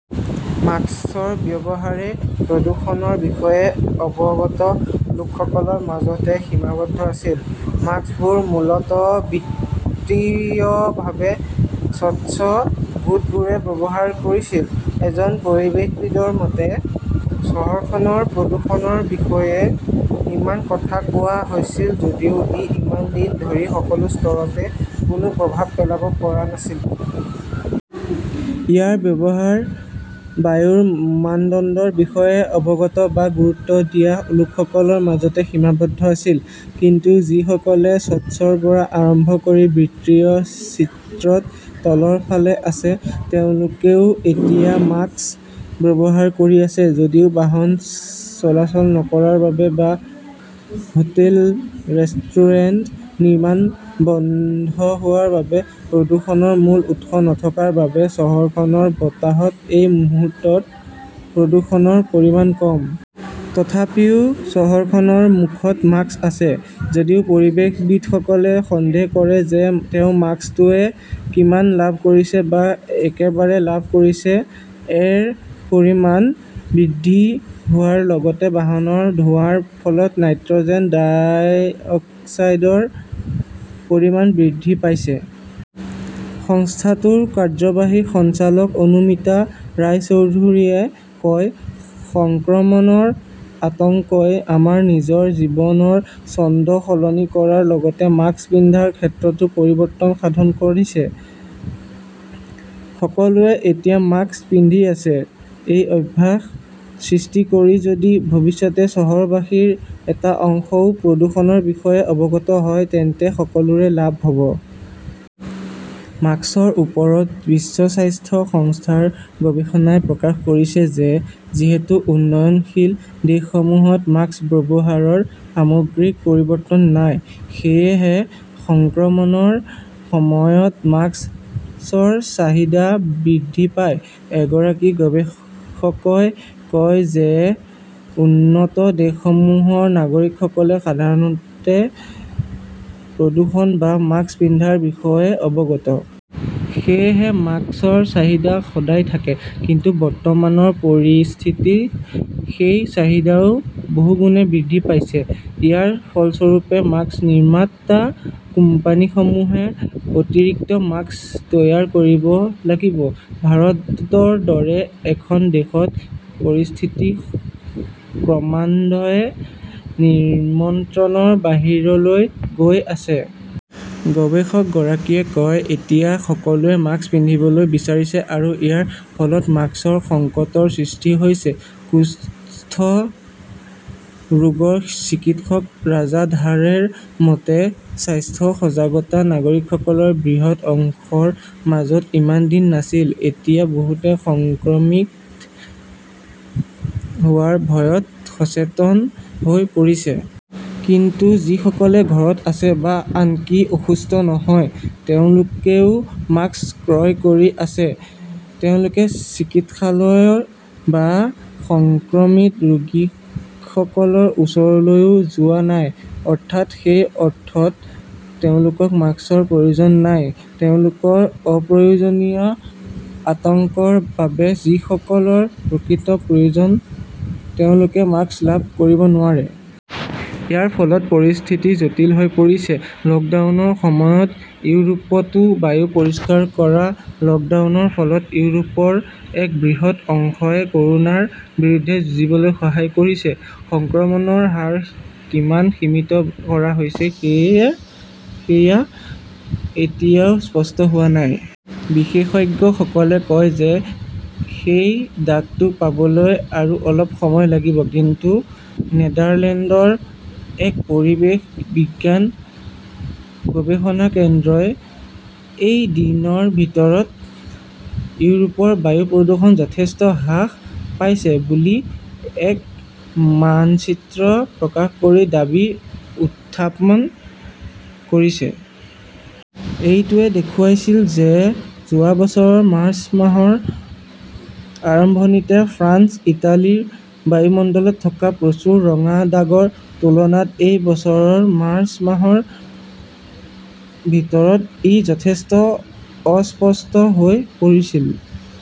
মাস্কৰ ব্যৱহাৰে প্ৰদূষণৰ বিষয়ে অৱগত লোকসকলৰ মাজতে সীমাবদ্ধ আছিল। মাস্কবোৰ মূলতঃ বিত্তীয়ভাৱে স্বচ্ছ গোটবোৰে ব্যৱহাৰ কৰিছিল। এজন পৰিৱেশবিদৰ মতে, চহৰখনৰ প্ৰদূষণৰ বিষয়ে ইমান কথা কোৱা হৈছিল যদিও ই ইমান দিন ধৰি সকলো স্তৰতে কোনো প্ৰভাৱ পেলাব পৰা নাছিল। ইয়াৰ ব্যৱহাৰ বায়ুৰ মানদণ্ডৰ বিষয়ে অৱগত বা গুৰুত্ব দিয়া লোকসকলৰ মাজতে সীমাবদ্ধ আছিল। কিন্তু যিসকলে স্বচ্ছৰ পৰা আৰম্ভ কৰি বিত্তীয় চিত্ৰত তলৰ ফালে আছে, তেওঁলোকেও এতিয়া মাস্ক ব্যৱহাৰ কৰি আছে। যদিও বাহন চলাচল নকৰাৰ বাবে বা হোটেল-ৰেষ্টুৰেণ্ট, নিৰ্মাণ বন্ধ হোৱাৰ বাবে প্ৰদূষণৰ মূল উৎস নথকাৰ বাবে চহৰখনৰ বতাহত এই মুহূৰ্তত প্ৰদূষণৰ পৰিমাণ কম। তথাপিও চহৰখনৰ মুখত মাস্ক আছে। যদিও পৰিৱেশবিদসকলে সন্দেহ কৰে যে তেওঁ মাস্কটোৱে কিমান লাভ কৰিছে বা একেবাৰে লাভ কৰিছে। -এৰ পৰিমাণ বৃদ্ধি হোৱাৰ লগতে বাহনৰ ধোঁৱাৰ ফলত নাইট্ৰজেন ডাই অক্সাইডৰ পৰিমাণ বৃদ্ধি পাইছে। সংস্থাটোৰ কাৰ্যবাহী সঞ্চালক অনুমিতা ৰায়চৌধৰীয়ে কয়, সংক্ৰমণৰ আতংকই আমাৰ নিজৰ জীৱনৰ ছন্দ সলনি কৰাৰ লগতে মাস্ক পিন্ধাৰ ক্ষেত্ৰতো পৰিৱৰ্তন সাধন কৰিছে। সকলোৱে এতিয়া মাস্ক পিন্ধি আছে। এই অভ্যাস সৃষ্টি কৰি যদি ভৱিষ্যতে চহৰবাসীৰ এটা অংশও প্ৰদূষণৰ বিষয়ে অৱগত হয়, তেন্তে সকলোৰে লাভ হ 'ব। মাস্কৰ ওপৰত বিশ্ব স্বাস্থ্য সংস্থাৰ গৱেষণাই প্ৰকাশ কৰিছে যে যিহেতু উন্নয়নশীল দেশসমূহত মাস্ক ব্যৱহাৰৰ সামগ্ৰিক পৰিৱৰ্তন নাই, সেয়েহে সংক্ৰমণৰ সময়ত মাস্কৰ চাহিদা বৃদ্ধি পায়। এগৰাকী গৱেষকই কয় যে উন্নত দেশসমূহৰ নাগৰিকসকলে সাধাৰণতে প্ৰদূষণ বা মাস্ক পিন্ধাৰ বিষয়ে অৱগত। সেয়েহে মাস্কৰ চাহিদা সদায় থাকে। কিন্তু বৰ্তমানৰ পৰিস্থিতিত সেই চাহিদাও বহুগুণে বৃদ্ধি পাইছে। ইয়াৰ ফলস্বৰূপে মাস্ক নিৰ্মাতা কোম্পানীসমূহে অতিৰিক্ত মাস্ক তৈয়াৰ কৰিব লাগিব। ভাৰতৰ দৰে এখন দেশত পৰিস্থিতি ক্ৰমান্বয়ে নিয়ন্ত্ৰণৰ বাহিৰলৈ গৈ আছে। গৱেষকগৰাকীয়ে কয়, এতিয়া সকলোৱে মাস্ক পিন্ধিবলৈ বিচাৰিছে আৰু ইয়াৰ ফলত মাস্কৰ সংকটৰ সৃষ্টি হৈছে। কুষ্ঠ ৰোগৰ চিকিৎসক ৰাজা ধাৰেৰ মতে, স্বাস্থ্য সজাগতা নাগৰিকসকলৰ বৃহৎ অংশৰ মাজত ইমান দিন নাছিল। এতিয়া বহুতে সংক্ৰমিত হোৱাৰ ভয়ত সচেতন হৈ পৰিছে। কিন্তু যিসকলে ঘৰত আছে বা আনকি অসুস্থ নহয় তেওঁলোকেও মাস্ক ক্ৰয় কৰি আছে। তেওঁলোকে চিকিৎসালয় বা সংক্ৰমিত ৰোগীসকলৰ ওচৰলৈও যোৱা নাই। অৰ্থাৎ সেই অৰ্থত তেওঁলোকক মাস্কৰ প্ৰয়োজন নাই। তেওঁলোকৰ অপ্ৰয়োজনীয় আতংকৰ বাবে যিসকলৰ প্ৰকৃত প্ৰয়োজন তেওঁলোকে মাস্ক লাভ কৰিব নোৱাৰে। ইয়াৰ ফলত পৰিস্থিতি জটিল হৈ পৰিছে। লকডাউনৰ সময়ত ইউৰোপতো বায়ু পৰিষ্কাৰ কৰা লকডাউনৰ ফলত ইউৰোপৰ এক বৃহৎ অংশই কৰোনাৰ বিৰুদ্ধে যুঁজিবলৈ সহায় কৰিছে। সংক্ৰমণৰ হাৰ কিমান সীমিত কৰা হৈছে সেয়া এতিয়াও স্পষ্ট হোৱা নাই। বিশেষজ্ঞসকলে কয় যে সেই দাগটো পাবলৈ আৰু অলপ সময় লাগিব। কিন্তু নেদাৰলেণ্ডৰ এক পৰিৱেশ বিজ্ঞান গৱেষণা কেন্দ্ৰই এই দিনৰ ভিতৰত ইউৰোপৰ বায়ু প্ৰদূষণ যথেষ্ট হ্ৰাস পাইছে বুলি এক মানচিত্ৰ প্ৰকাশ কৰি দাবী উত্থাপন কৰিছে। এইটোৱে দেখুৱাইছিল যে যোৱা বছৰৰ মাৰ্চ মাহৰ আৰম্ভণিতে ফ্ৰান্স-ইটালীৰ বায়ুমণ্ডলত থকা প্ৰচুৰ ৰঙা দাগৰ তুলনাত এই বছৰৰ মাৰ্চ মাহৰ ভিতৰত ই যথেষ্ট অস্পষ্ট হৈ পৰিছিল।